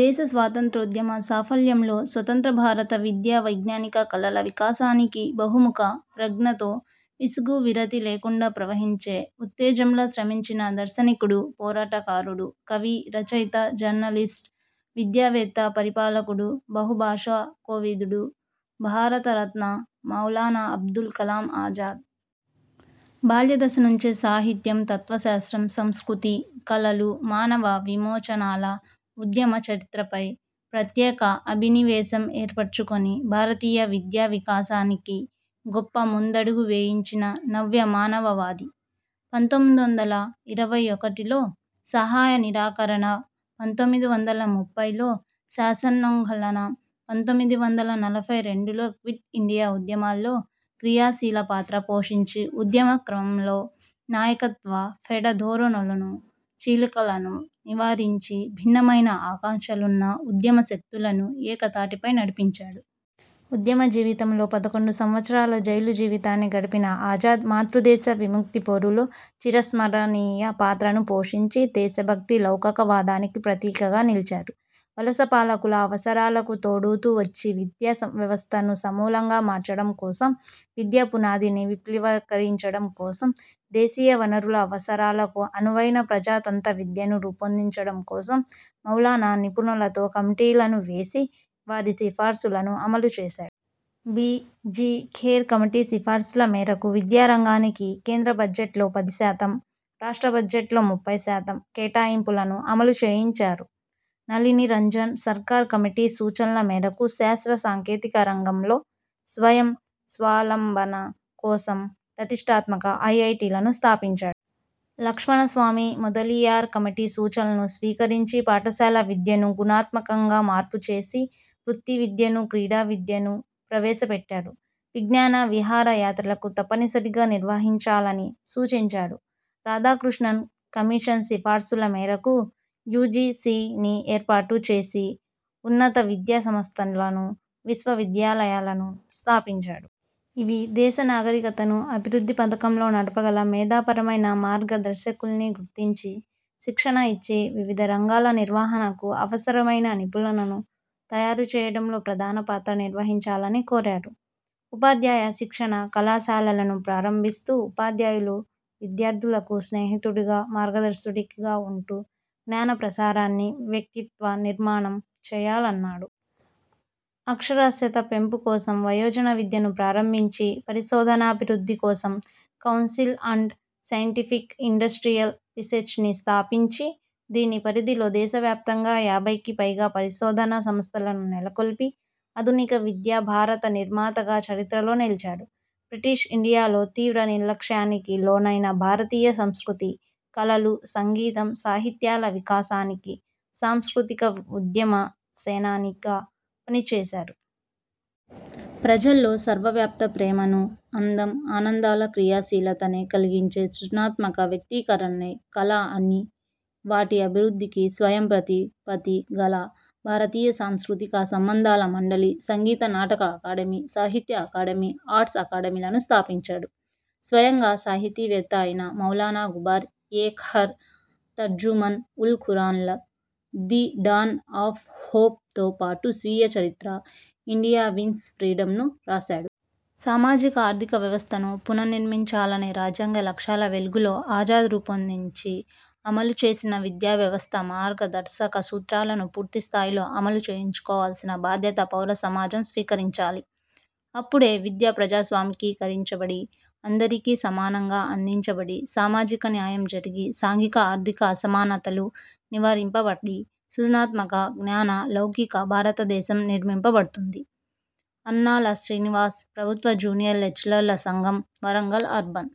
దేశ స్వాతంత్రోద్యమ సాఫల్యంలో, స్వతంత్ర భారత విద్యా, వైజ్ఞానిక, కళల వికాసానికి బహుముఖ ప్రజ్ఞతో విసుగు విరతి లేకుండా ప్రవహించే ఉత్తేజంలా శ్రమించిన దార్శనికుడు, పోరాట కారుడు, కవి, రచయిత, జర్నలిస్టు, విద్యావేత్త, పరిపాలకుడు, బహుభాషో కోవిదుడు, భారత రత్న మౌలానా అబుల్ కలామ్ ఆజాద్. బాల్య దశ నుంచే సాహిత్యం, తత్వశాస్త్రం, సంస్కృతి, కళలు, మానవ విమోచనాల ఉద్యమ చరిత్రపై ప్రత్యేక అభినివేశం ఏర్పరచుకొని భారతీయ విద్యావికాసాన్ని గొప్ప ముందడుగు వేయించిన నవ్య మానవవాది. పంతొమ్మిది వందల ఇరవై ఒకటిలో సహాయ నిరాకరణ, పంతొమ్మిది వందల ముప్పైలో శాసనోల్లంఘన, పంతొమ్మిది వందల నలభై రెండులో క్విట్ ఇండియా ఉద్యమాల్లో క్రియా శీల పాత్ర పోషించి, ఉద్యమ క్రమంలో నాయకత్వ పెఢ ధోరణులను, చీలికలను నివారించి, భిన్నమైన ఆకాంక్షలున్న ఉద్యమ శక్తులను ఏక తాటిపై నడిపించాడు. ఉద్యమ జీవితంలో పదకొండు సంవ త్సరాల జైలు జీవితాన్ని గడిపిన ఆజాద్ మాతృదేశ విముక్తి పోరులో చిర స్మరణీయ పాత్రను పోషించి, దేశభక్త లౌకక వాదానికి ప్రతీకగా నిలిచారు. వలస పాలకుల అవసరాలకు తోడ్పడుతూ వచ్చిన విద్యా వ్యవస్థను సమూలంగా మార్చడం కోసం, విద్య పునాదిని విప్లవకీకరించడం కోసం దేశీయ వనరులు, అవసరాలకు అననువైన ప్రజా తంత్ర విద్యను రూపొందించడం కోసం మౌలానా నిపుణులతో కమిటీలను వేసి వారి సిఫారసులను అమలు చేసాడు. బి. జి. ఖేర్ కమిటీ సిఫారసుల మేరకు విద్యా రంగానికి కేంద్ర బడ్జెట్లో పది శాతం, రాష్ట్ర బడ్జెట్లో ముప్పై శాతం కేటాయింపులను అమలు చేయించారు. నళిని రంజన్ సర్కార్ కమిటీ సూచనల మేరకు శాస్త్ర సాంకేతిక రంగంలో స్వయం స్వాలంబన కోసం ప్రతిష్టాత్మక ఐఐటీలను స్థాపించాడు. లక్ష్మణ స్వామి మొదలియార్ కమిటీ సూచనలు స్వీకరించి పాఠశాల విద్యను గుణాత్మకంగా మార్పు చేసి, వృత్తి విద్యను, క్రీడా విద్యను ప్రవేశ పెట్టాడు. విజ్ఞాన విహార యాత్రలను తప్పనిసరిగా నిర్వహించాలని సూచించాడు. రాధాకృష్ణన్ కమిషన్ సిఫారసుల మేరకు యూజీసీని ఏర్పాటు చేస్తూ ఉన్నత విద్యా సంస్థలను, విశ్వ విద్యాలయాలను స్థాపించాడు. ఇవి దేశ నాగరికతని అభివృద్ధి పథంలో నడప గల మేధా పరమైన మార్గ దర్శకుల్ని గుర్తించి, శిక్షణ ఇచ్చి, వివిధ రంగాల నిర్వహణకు అవసరమైన నిపుణులను తయారు చేయడంలో ప్రధాన పాత్ర నిర్వహించాలని కోరారు. ఉపాధ్యాయ శిక్షణ కళాశాలలను ప్రారంభిస్తూ ఉపాధ్యాయులు విద్యార్థులకు స్నేహితుడుగా, మార్గ దర్శకుడిగా ఉంటూ జ్ఞాన ప్రసారాన్ని, వ్యక్తిత్వ నిర్మాణం చేయాలన్నాడు. అక్షరాస్యత పెంపు కోసం వయోజన విద్యను ప్రారంభించి, పరిశోధనాభివృద్ధి కోసం కౌన్సిల్ అండ్ సైంటిఫిక్ ఇండస్ట్రీయల్ రీసెర్చ్ను స్థాపించి దీని పరిధిలో దేశవ్యాప్తంగా యాభైకి పైగా పరిశోధనా సంస్థలను నెలకొల్పి ఆధునిక విద్యా భారత నిర్మాతగా చరిత్రలో నిలిచాడు. బ్రిటిష్ ఇండియాలో తీవ్ర నిర్లక్ష్యానికి లోనైన భారతీయ సంస్కృతి, కళలు, సంగీతం, సాహిత్యాల వికాసానికి సాంస్కృతిక ఉద్యమ సేనానిగా పనిచేసారు. ప్రజల్లో సర్వవ్యాప్త ప్రేమను, అందం, ఆనందాల క్రియాశీలతనే కలిగించే సృజనాత్మక వ్యక్తీ కరణే కళ అని వాటి అభివృద్ధికి స్వయం ప్రతి పత్తి గల భారతీయ సాంస్కృతిక సంబంధాల మండలి, సంగీత నాటక అకాడమి, సాహిత్య అకాడమి, ఆర్ట్స్ అకాడమిలను స్థాపించాడు. స్వయంగా సాహితీ వేత్త ఐన మౌలానా గుబార్ ఎ ఖాఅర్, తర్జుమన్ ఉల్ ఖురాన్ల ''ది డాన్ ఆఫ్ హోప్''తో పాటు స్వీయ చరిత్ర 'ఇండియా విన్స్ ఫ్రీడమ్'ను రాసాడు. సామాజిక ఆర్ధిక వ్యవస్థను పునర్నిర్మించాలనే రాజ్యాంగ లక్ష్యాల వెలుగులో ఆజాద్ రూపాందించి అమలు చేసిన విద్యా వ్యవస్థ మార్గదర్శక సూత్రాలను పూర్తి స్థాయిలో అమలు చేయించకోవలసిన భాద్యత పౌర సమాజం స్వీకరించాలి. అప్పుడే విద్య ప్రజాస్వామికీకరించబడి అందరికీ సమానంగా అందించబడి సామాజిక న్యాయం జరిగి, సాంఘీక ఆర్థిక అసమానతలు నివారింపబడి సృజనాత్మక, జ్ఞాన, లౌకిక భారతదేశం నిర్మింపబడుతుంది. అస్నాల శ్రీనివాస్ ప్రబుత్వ జూనియర్ లెక్చరర్ల సంఘం, వరంగల్ అర్బన్